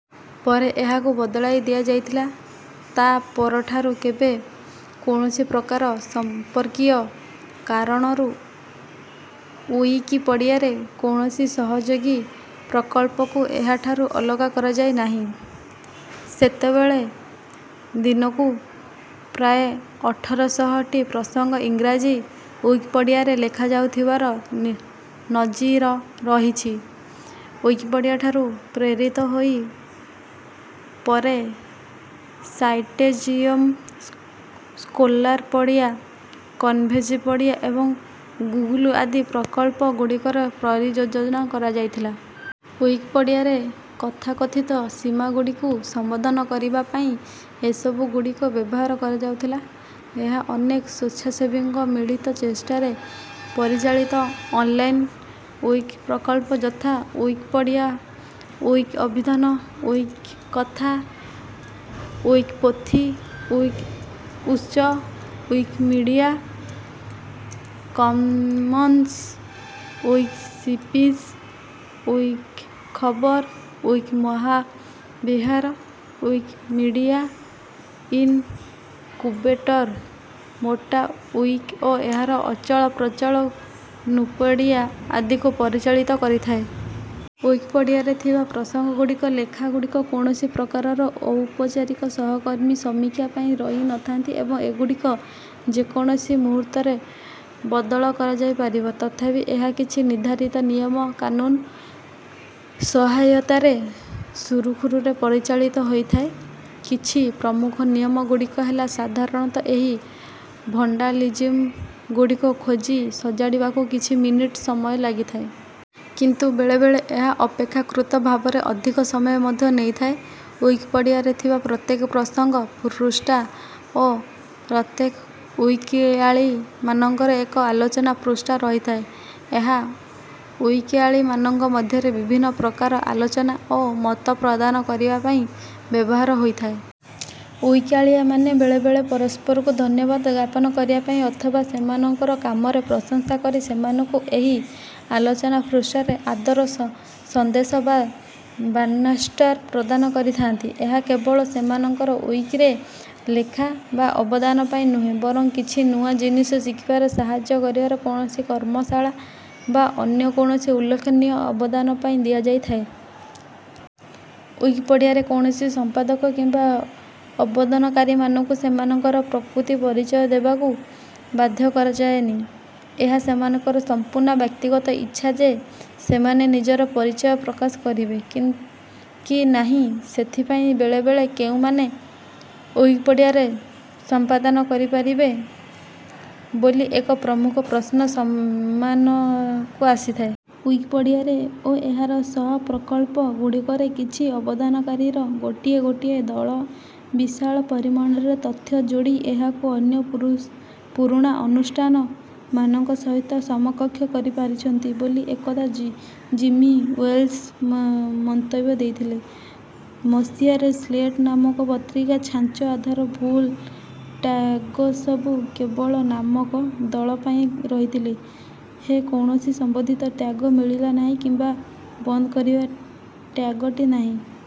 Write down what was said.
ପରେ ଏହାକୁ ବଦଳାଇ ଦିଆଯାଇଥିଲା। ତା ପରଠାରୁ କେବେ କୌଣସି ପ୍ରକାର ସମ୍ପାଦକୀୟ କାରଣରୁ ଉଇକିପିଡ଼ିଆର କୌଣସି ସହଯୋଗୀ ପ୍ରକଳ୍ପକୁ ଏହାଠାରୁ ଅଲଗା କରାଯାଇନାହିଁ। ସେତେବେଳେ ଦିନକୁ ପ୍ରାୟ ଅଠର ଶହ ଟି ପ୍ରସଙ୍ଗ ଇଂରାଜୀ ଉଇକିପିଡ଼ିଆରେ ଲେଖାଯାଉଥିବାର ନଜିର ରହିଛି। ଉଇକିପିଡ଼ିଆଠାରୁ ପ୍ରେରିତ ହୋଇ ପରେ ସାଇଟେଜିୟମ୍ ସ୍କୁଲାରପିଡ଼ିଆ କନଭେଜେର୍ପିଡ଼ିଆ ଏବଂ ଗୁଗୁଲ ଆଦି ପ୍ରକଳ୍ପ ଗୁଡ଼ିକର ପରିଯୋଜନା କରାଯାଇଥିଲା।. ଉଇକିପିଡ଼ିଆର କଥା କଥିତ ସୀମା ଗୁଡ଼ିକୁ ସମ୍ବୋଧିତ କରିବା ପାଇଁ ଏସବୁ ଗୁଡ଼ିକ ବ୍ୟବହାର କାରାଯାଉଥିଲା। ଏହା ଅନେକ ସ୍ୱେଚ୍ଛାସେବୀଙ୍କ ମିଳିତ ଚେଷ୍ଟାରେ ପରିଚାଳିତ ଅନଲାଇନ ଉଇକି ପ୍ରକଳ୍ପ ଯଥା ଉଇକିପିଡ଼ିଆ ଉଇକିଅଭିଧାନ ଉଇକିକଥା ଉଇକିପୋଥି ଉଇକିଉତ୍ସ ଉଇକିମିଡ଼ିଆ କମନ୍ସ ଉଇକିସ୍ପିସିସ ଉଇକିଖବର ଉଇକିମହାବିହାର ଉଇକିମିଡ଼ିଆ ଇନକୁବେଟର ମେଟା ଉଇକି ଓ ଏହାର ଅଚଳ ପ୍ରଚଳ ନୁପେଡ଼ିଆ ଆଦିକୁ ପରିଚାଳନ କରିଥାଏ। ଉଇକିପିଡ଼ିଆରେ ଥିବା ପ୍ରସଙ୍ଗ ଗୁଡ଼ିକର ଲେଖା ଗୁଡ଼ିକ କୌଣସି ପ୍ରାକାରର ଔପଚାରିକ ସହକର୍ମୀ ସମୀକ୍ଷା ପାଇଁ ରହି ନଥାନ୍ତି ଏବଂ ଏଗୁଡ଼ିକ ଯେକୌଣସି ମୁହୂର୍ତ୍ତରେ ବଦଳ କରାଯାଇପାରିବ। ତଥାପି ଏହା କଛି ନିର୍ଦ୍ଧାରିତ ନିୟମ କାନୁନ ସହାୟତାରେ ସୁରୁଖୁରୁରେ ପରିଚାଳିତ ହୋଇଥାଏ। କିଛି ପ୍ରମୁଖ ନିୟମ ଗୁଡ଼ିକ ହେଲା ସାଧାରଣତଃ ଏହି ଭାଣ୍ଡାଲିଜିମ୍ ଗୁଡିକୁ ଖୋଜି ସଜାଡିବାକୁ କିଛି ମିନିଟ ସମୟ ଲାଗିଥାଏ। କିନ୍ତୁ ବେଳେବେଳେ ଏହା ଅପେକ୍ଷାକୃତ ଭାବରେ ଅଧିକ ସମୟ ମଧ୍ୟ ନେଇଥାଏ। ଉଇକିପିଡ଼ିଆରେ ଥିବା ପ୍ରତ୍ଯେକ ପ୍ରସଙ୍ଗ ପୃଷ୍ଠା ଓ ପ୍ରତ୍ଯେକ ଉଇକିଆଳି ମାନଙ୍କର ଏକ ଆଲୋଚନା ପୃଷ୍ଠା ରହିଥାଏ। ଏହା ଉଇକିଆଳି ମାନଙ୍କ ମଧ୍ୟରେ ବିଭିନ୍ନ ପ୍ରକାର ଆଲୋଚନା ଓ ମତ ଆଦାନପ୍ରଦାନ ପାଇଁ ବ୍ଯବହାର ହୋଇଥାଏ। ଉଇକିଆଳିମାନେ ବେଳେବେଳେ ପରସ୍ପରକୁ ଧନ୍ୟବାଦ ଜ୍ଞାପନ କରିବା ପାଇଁ ଅଥବା ସେମାନଙ୍କ କାମର ପ୍ରଶଂସା କରି ସେମାନଙ୍କୁ ଏହି ଆଲୋଚନା ପୃଷ୍ଠାରେ ଆଦର ସନ୍ଦେଶ ବା ବାର୍ଣ୍ଣଷ୍ଟାର ପ୍ରଦାନ କରିଥାନ୍ତି। ଏହା କେବଳ ସେମାନଙ୍କର ଉଇକିରେ ଲେଖା ବା ଅବଦାନ ପାଇଁ ନୁହେଁ ବରଂ କିଛି ନୂଆ ଜିନିଷ ଶିଖିବାରେ ସାହାଜ୍ଯ କରିବା କୌଣସି କର୍ମଶାଳା ବା ଅନ୍ୟ କୌଣସି ଉଲ୍ଲେଖନୀୟ ଅବଦାନ ପାଇଁ ଦିଆଯାଇଥାଏ। ଉଇକିପିଡ଼ିଆରେ କୌଣସି ସମ୍ପାଦକ କିମ୍ବା ଅବଦନକାରୀ ମାନଙ୍କୁ ସେମାନଙ୍କ ପ୍ରକୃତି ପରିଚୟ ଦେବାକୁ ବାଧ୍ୟ କରାଯାଏନି। ଏହା ସେମାନଙ୍କର ସଂପୂର୍ଣ୍ଣ ବ୍ୟକ୍ତିଗତ ଇଚ୍ଛା ଯେ ସେମନେ ନିଜର ପରିଚୟ ପ୍ରକାଶ କରିବେ କି ନାହିଁ। ସେଥିପାଇଁ ବେଳେବେଳେ କେଉଁ ମାନେ ଉଇକିପିଡ଼ିଆରେ ସମ୍ପାଦନା କରିପାରିବେ? ବୋଲି ଏକ ପ୍ରମୁଖ ପ୍ରଶ୍ନ ସାମନାକୁ ଆସିଥାଏ। ଉଇକିପିଡ଼ିଆରେ ଓ ଏହାର ସହ ପ୍ରକଳ୍ପ ଗୁଡିକରେ କିଛି ଅବଦାନକାରୀଙ୍କର ଗୋଟିଏ ଗୋଟିଏ ଦଳ ବିଶାଳ ପରିମାଣରେ ତଥ୍ୟ ଯୋଡି ଏହାକୁ ଅନ୍ୟ ପୁରୁଣା ଅନୁଷ୍ଠାନ ମାନଙ୍କ ସହିତ ସମକକ୍ଷ କରିପାରିଛନ୍ତି ବୋଲି ଏକଦା ଜିମି ୱେଲ୍ସ ମନ୍ତବ୍ୟ ଦେଇଥିଲେ। ମସିହାରେ ସ୍ଳେଟ ନାମକ ପତ୍ରିକା ଛାଞ୍ଚ ଆଧାର ଭୁଲ ଟ୍ୟାଗସବୁ କେବଳ ନାମକ ଦଳ ପାଇଁ ରହିଥିଲେ ହେଁ କୌଣସି ସମ୍ବନ୍ଧିତ ଟ୍ୟାଗ ମିଳିଲା ନାହିଁ କିମ୍ବା ବନ୍ଦ କରିବା ଟ୍ୟାଗଟି ନାହିଁ।